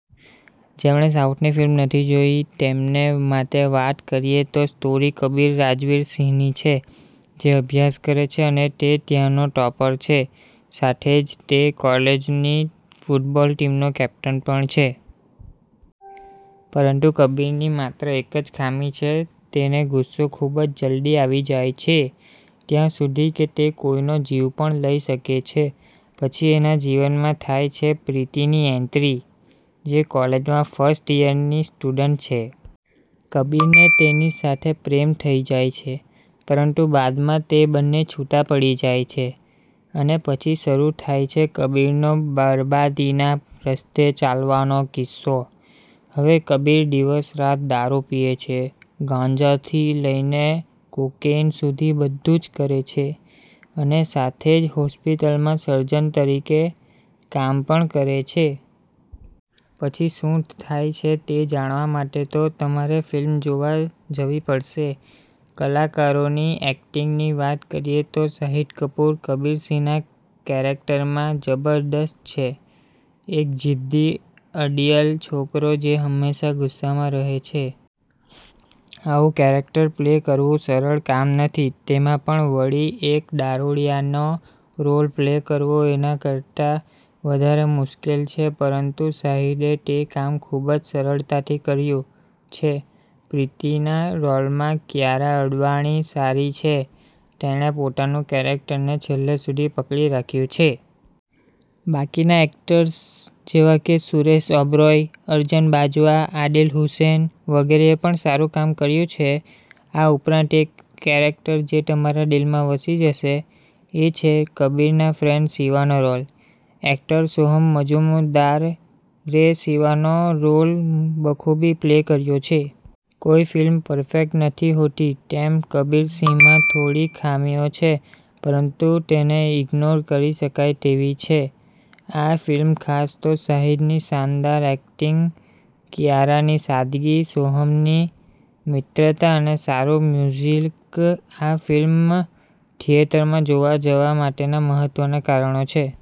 જેમણે સાઉથની ફિલ્મ નથી જોઈ તેમને માટે વાત કરીએ તો સ્ટોરી કબીર રાજવીર સિંહની છે, જે અભ્યાસ કરે છે અને તે ત્યાંનો ટોપર છે, સાથે જ તે કોલેજની ફુટબોલ ટીમનો કેપ્ટન પણ છે. પરંતુ કબીરની માત્ર એક જ ખામી છે, તેને ગુસ્સો ખૂબ જ જલ્દી આવી જાય છે. ત્યાં સુધી કે તે કોઈનો જીવ પણ લઈ શકે છે. પછી એના જીવનમાં થાય છે પ્રીતિની એન્ટ્રી, જે કોલેજમાં ફર્સ્ટ યરની સ્ટુડન્ટ છે. કબીરને તેની સાથે પ્રેમ થઈ જાય છે, પરંતુ બાદમાં તે બંને છૂટા પડી જાય છે અને પછી શરૂ થાય છે, કબીરનો બરબાદીના રસ્તે ચાલવાનો કિસ્સો. હવે કબીર દિવસ-રાત દારૂ પીએ છે, ગાંજાથી લઈને કોકેઈન સુધી બધુ જ કરે છે અને સાથે જ હોસ્પિટલમાં સર્જન તરીકે કામ પણ કરે છે. પછી શું થાય છે તે જાણવા માટે તો તમારે ફિલ્મ જોવા જવી પડશે. કલાકારોની એક્ટિંગની વાત કરીએ તો શાહિદ કપૂર, કબીર સિંહના કેરેક્ટરમાં જબરદસ્ત છે. એક જીદ્દી, અડિયલ છોકરો જે હંમેશાં ગુસ્સામાં રહે છે. આવું કેરેક્ટર પ્લે કરવું સરળ કામ નથી. તેમાં પણ વળી એક દારૂડિયાનો રોલ પ્લે કરવો એના કરતા વધારે મુશ્કેલ છે પરંતુ શાહિદે તે કામ ખૂબ જ સરળતાથી કર્યું છે. પ્રીતિના રોલમાં કિયારા અડવાણી સારી છે તેણે પોતાનું કેરેક્ટરને છેલ્લે સુધી પકડી રાખ્યું છે. બાકીના એક્ટરર્સ જેવાકે, સુરેશ ઓબેરોય, અર્જન બાજવા, આદિલ હુસેન, વગેરેએ પણ સારું કામ કર્યું છે. આ ઉપરાંત એક કેરેક્ટર જે તમારા દિલમાં વસી જશે, એ છે કબીરના ફ્રેન્ડ શિવાનો રોલ. એક્ટર સોહમ મજૂમદારે શિવાનો રોલ બખૂબી પ્લે કર્યો છે. કોઈ ફિલ્મ પરફેક્ટ નથી હોતી, તેમ કબીર સિંહમાં થોડી ખામીઓ છે પરંતુ તેને ઈગ્નોર કરી શકાય તેવી છે. આ ફિલ્મ ખાસ તો શાહિદની શાનદાર એક્ટિંગ, કિયારાની સાદગી, સોહમની મિત્રતા અને સારું મ્યુઝીક આ ફિલ્મ થિયેટરમાં જોવા જવા માટેના મહત્ત્વના કારણો છે.